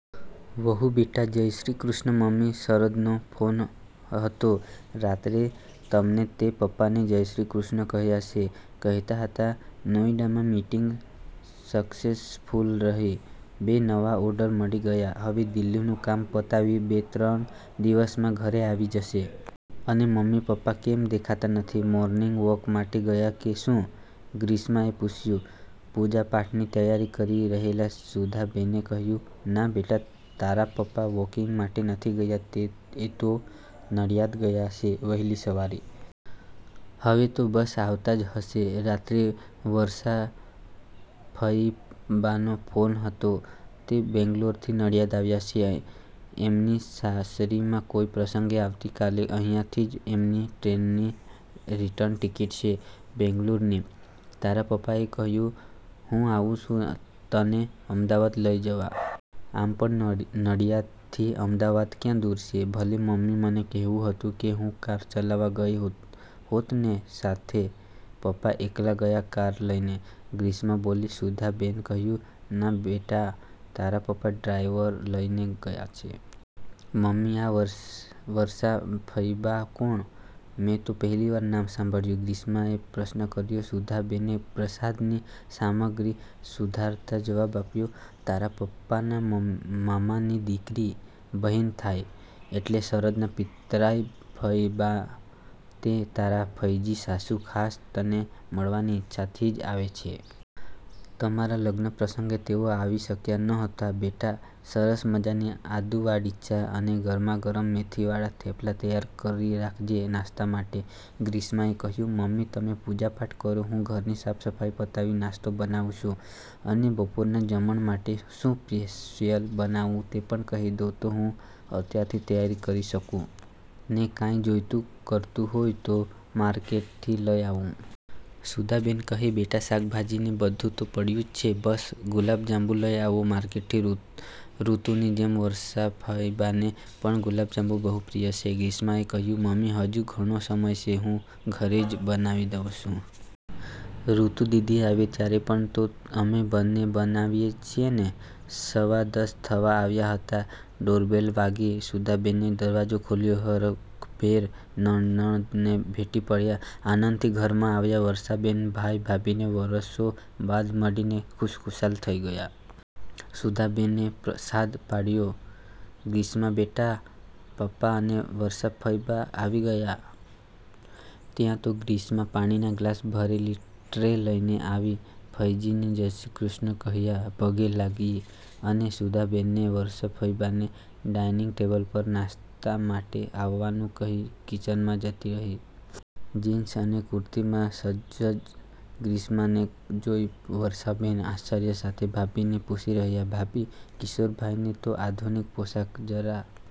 વહુબેટા; "જય શ્રી કૃષ્ણ મમ્મી, શરદનો ફોન હતો રાત્રે, તમને ને પપ્પાને જય શ્રી કૃષ્ણ કહ્યાં છે. કહેતા હતા નોઇડામા મિટીંગ સક્સેસફૂલ રહી. બે નવા ઓર્ડર મળી ગયા, હવે દિલ્હીનું કામ પતાવી બે ત્રણ દિવસમાં ઘરે આવી જશે. અને મમ્મી, પપ્પા કેમ દેખાતા નથી? મોર્નિંગવોક માટે ગયા કે શું?" ગ્રીષ્માએ પુછ્યું. પુજાપાઠની તૈયારી કરી રહેલા સુધાબેને કહ્યું,"ના બેટા તારા પપ્પા વોકિંગ માટે નથી ગયા, એ તો નડિયાદ ગયા છે વહેલી સવારે. હવે તો બસ આવતા જ હશે. રાત્રે વર્ષા ફઇબાનો ફોન હતો. તે બેંગ્લોરથી નડિયાદ આવ્યા છે. એમની સાસરીમા કોઇ પ્રસંગે, આવતી કાલે અહીંયાથી જ એમની ટ્રેનની રીટર્ન ટિકિટ છે બેંગ્લોરની. તારા પપ્પાએ કહ્યું હું આવું છું તને અમદાવાદ લઈ જવા. આમ પણ નડિયાદ થી અમદાવાદ ક્યાં દુર છે?" "ભલે મમ્મી મને કહેવું હતું ને હું કાર ચલાવા ગઇ હોતને સાથે, પપ્પા એકલા ગયા કાર લઈને?" ગ્રીષ્મા બોલી. સુધાબેને કહ્યું,"ના બેટા તારા પપ્પા ડ્રાઇવર લઇને ગયા છે." "મમ્મી આ વર્ષા ફઇબા કોણ? મેં તો પહેલીવાર નામ સાંભળ્યુ." ગ્રીષ્માએ પ્રશ્ન કર્યો. સુધાબેને પ્રસાદની સામગ્રી સુધારતા જવાબ આપ્યો, "તારા પપ્પાના મામાની દીકરી, બહેન થાય. એટલે શરદના પિતરાઈ ફઇબા ને તારા ફઇજી સાસુ, ખાસ તને મળવાની ઇચ્છાથી જ આવે છે. તમારા લગ્નપ્રસંગે તેઓ આવી શક્યા નહોતા. બેટા સરસ મજાની આદુવાળી ચા અને ગરમાગરમ મેથીવાળા થેપલા તૈયાર કરી રાખજે નાસ્તા માટે." ગ્રીષ્મા એ કહ્યુ,"મમ્મી તમે પુજાપાઠ કરો, હું ઘરની સાફસફાઈ પતાવી નાસ્તો બનાવું છું, અને બપોરના જમણ માટે શું સ્પેશિયલ બનાવું તે પણ કહી દો તો હું અત્યારથી તૈયારી શરૂ કરી શકું, ને કાંઈ જોઇતું કરતું હોય તો માર્કેટથી લઇ આવું." સુધાબેન કહે,"બેટા શાકભાજી ને બધું તો પડ્યું જ છે. બસ ગુલાબજાંબુ લઇ આવો માર્કેટથી, ૠતુની જેમ વર્ષાફઇબાને પણ ગુલાબજાંબુ બહુ પ્રિય છે." ગ્રીષ્માએ કહ્યુ,"મમ્મી હજુ ઘણો સમય છે. હું ઘરે જ બનાવી દઉં છું. ૠતુદીદી આવે ત્યારે પણ તો અમે બંને બનાવીએ જ છીએને." સવા દશ થવા આવ્યા હતા, ડોરબેલ વાગી. સુધાબેને દરવાજો ખોલ્યો, હરખભેર નણંદને ભેટી પડ્યા. આનંદથી ઘરમાં લાવ્યા. વર્ષાબેન ભાઈ-ભાભીને વરસો બાદ મળીને ખુશખુશાલ થઈ ગયા. સુધાબેને સાદ પાડ્યો,"ગ્રીષ્માબેટા, પપ્પા અને વર્ષાફઇબા આવી ગયા." ત્યાં તો ગ્રીષ્મા પાણીના ગ્લાસ ભરેલી ટ્રે લઇને આવી, ફઇજીને 'જયશ્રીકૃષ્ણ' કહ્યા, પગે લાગી અને સુધાબેનને, વર્ષાફઇબાને ડાઇનિંગ ટેબલ પર નાસ્તા માટે આવવાનું કહી કિચનમા જતી રહી. જીન્સ અને કુર્તીમા સજજ ગ્રીષ્માને જોઈ વર્ષાબેન આશ્ચર્ય સાથે ભાભીને પુછી રહ્યા,"ભાભી કિશોરભાઈને તો આધુનિક પોશાક જરા